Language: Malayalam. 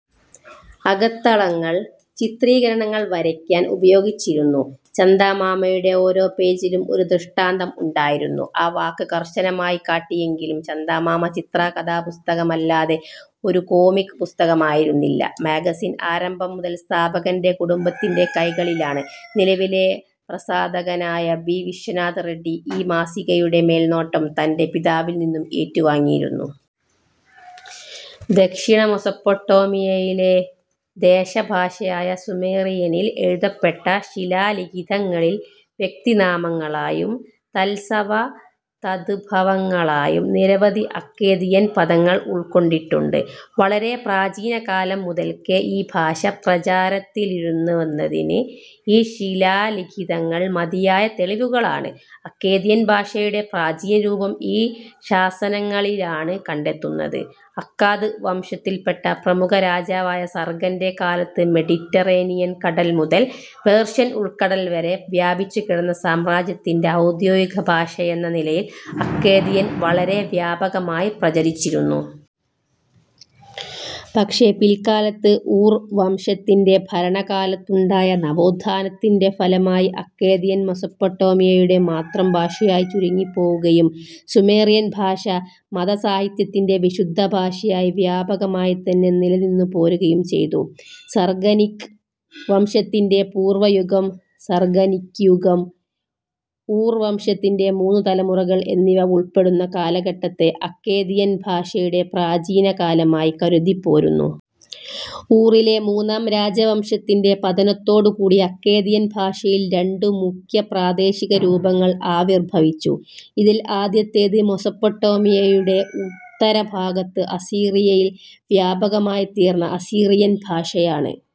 അകത്തളങ്ങൾ ചിത്രീകരണങ്ങൾ വരയ്ക്കാൻ ഉപയോഗിച്ചിരുന്നു. ചന്ദാമാമയുടെ ഓരോ പേജിലും ഒരു ദൃഷ്ടാന്തം ഉണ്ടായിരുന്നു. ആ വാക്ക് കർശനമായി കാട്ടിയെങ്കിലും ചന്ദാമാമ ചിത്രാ-കഥാപുസ്തകമല്ലാതെ ഒരു കോമിക്ക് പുസ്തകമായിരുന്നില്ല. മാഗസിൻ ആരംഭം മുതൽ സ്ഥാപകന്റെ കുടുംബത്തിന്റെ കൈകളിലാണ്. നിലവിലെ പ്രസാധകനായ ബി വിശ്വനാഥ് റെഡ്ഡി ഈ മാസികയുടെ മേൽനോട്ടം തന്റെ പിതാവിൽ നിന്നും ഏറ്റുവാങ്ങിയിരുന്നു. ദക്ഷിണ മെസൊപ്പൊട്ടേമിയയിലെ ദേശഭാഷയായ സുമേറിയനിൽ എഴുതപ്പെട്ട ശിലാലിഖിതങ്ങളിൽ, വ്യക്തിനാമങ്ങളായും തത്സമ-തദ്ഭവങ്ങളായും നിരവധി അക്കേദിയൻ പദങ്ങൾ ഉൾക്കൊണ്ടിട്ടുണ്ട്. വളരെ പ്രാചീനകാലം മുതൽക്കേ ഈ ഭാഷ പ്രചാരത്തിലിരുന്നുവെന്നതിന് ആ ശിലാലിഖിതങ്ങൾ മതിയായ തെളിവുകളാണ്. അക്കേദിയൻ ഭാഷയുടെ പ്രാചീനരൂപം ഈ ശാസനങ്ങളിലാണ് കണ്ടെത്തുന്നത്. അക്കാദ് വംശത്തിൽപ്പെട്ട പ്രമുഖ രാജാവായ സർഗന്റെ കാലത്ത് മെഡിറ്ററേനിയൻ കടൽ മുതൽ പേർഷ്യൻ ഉൾക്കടൽ വരെ വ്യാപിച്ചുകിടന്ന സാമ്രാജ്യത്തിന്റെ ഔദ്യോഗികഭാഷയെന്ന നിലയിൽ അക്കേദിയൻ വളരെ വ്യാപകമായി പ്രചരിച്ചിരുന്നു. പക്ഷേ പില്ക്കാലത്ത് ഊർ വംശത്തിന്റെ ഭരണകാലത്തുണ്ടായ നവോത്ഥാനത്തിന്റെ ഫലമായി അക്കേദിയൻ മെസൊപ്പൊട്ടേമിയയുടെ മാത്രം ഭാഷയായി ചുരുങ്ങിപ്പോവുകയും സുമേറിയൻ ഭാഷ മതസാഹിത്യത്തിന്റെ വിശുദ്ധ ഭാഷയായി വ്യാപകമായിത്തന്നെ നിലനിന്നുപോരുകയും ചെയ്തു. സർഗനിക് വംശത്തിന്റെ പൂർവയുഗം, സർഗനിക്യുഗം, ഊർവംശത്തിന്റെ മൂന്നു തലമുറകൾ എന്നിവ ഉൾപ്പെടുന്ന കാലഘട്ടത്തെ, അക്കേദിയൻ ഭാഷയുടെ പ്രാചീനകാലമായി കരുതിപ്പോരുന്നു. ഊറിലെ മൂന്നാം രാജവംശത്തിന്റെ പതനത്തോടുകൂടി അക്കേദിയൻ ഭാഷയിൽ രണ്ടു മുഖ്യപ്രാദേശികരൂപങ്ങൾ ആവിർഭവിച്ചു. ഇതിൽ ആദ്യത്തേത് മെസൊപ്പൊട്ടേമിയയുടെ ഉത്തരഭാഗത്ത് അസീറിയയിൽ വ്യാപകമായിത്തീർന്ന അസീറിയൻഭാഷയാണ്.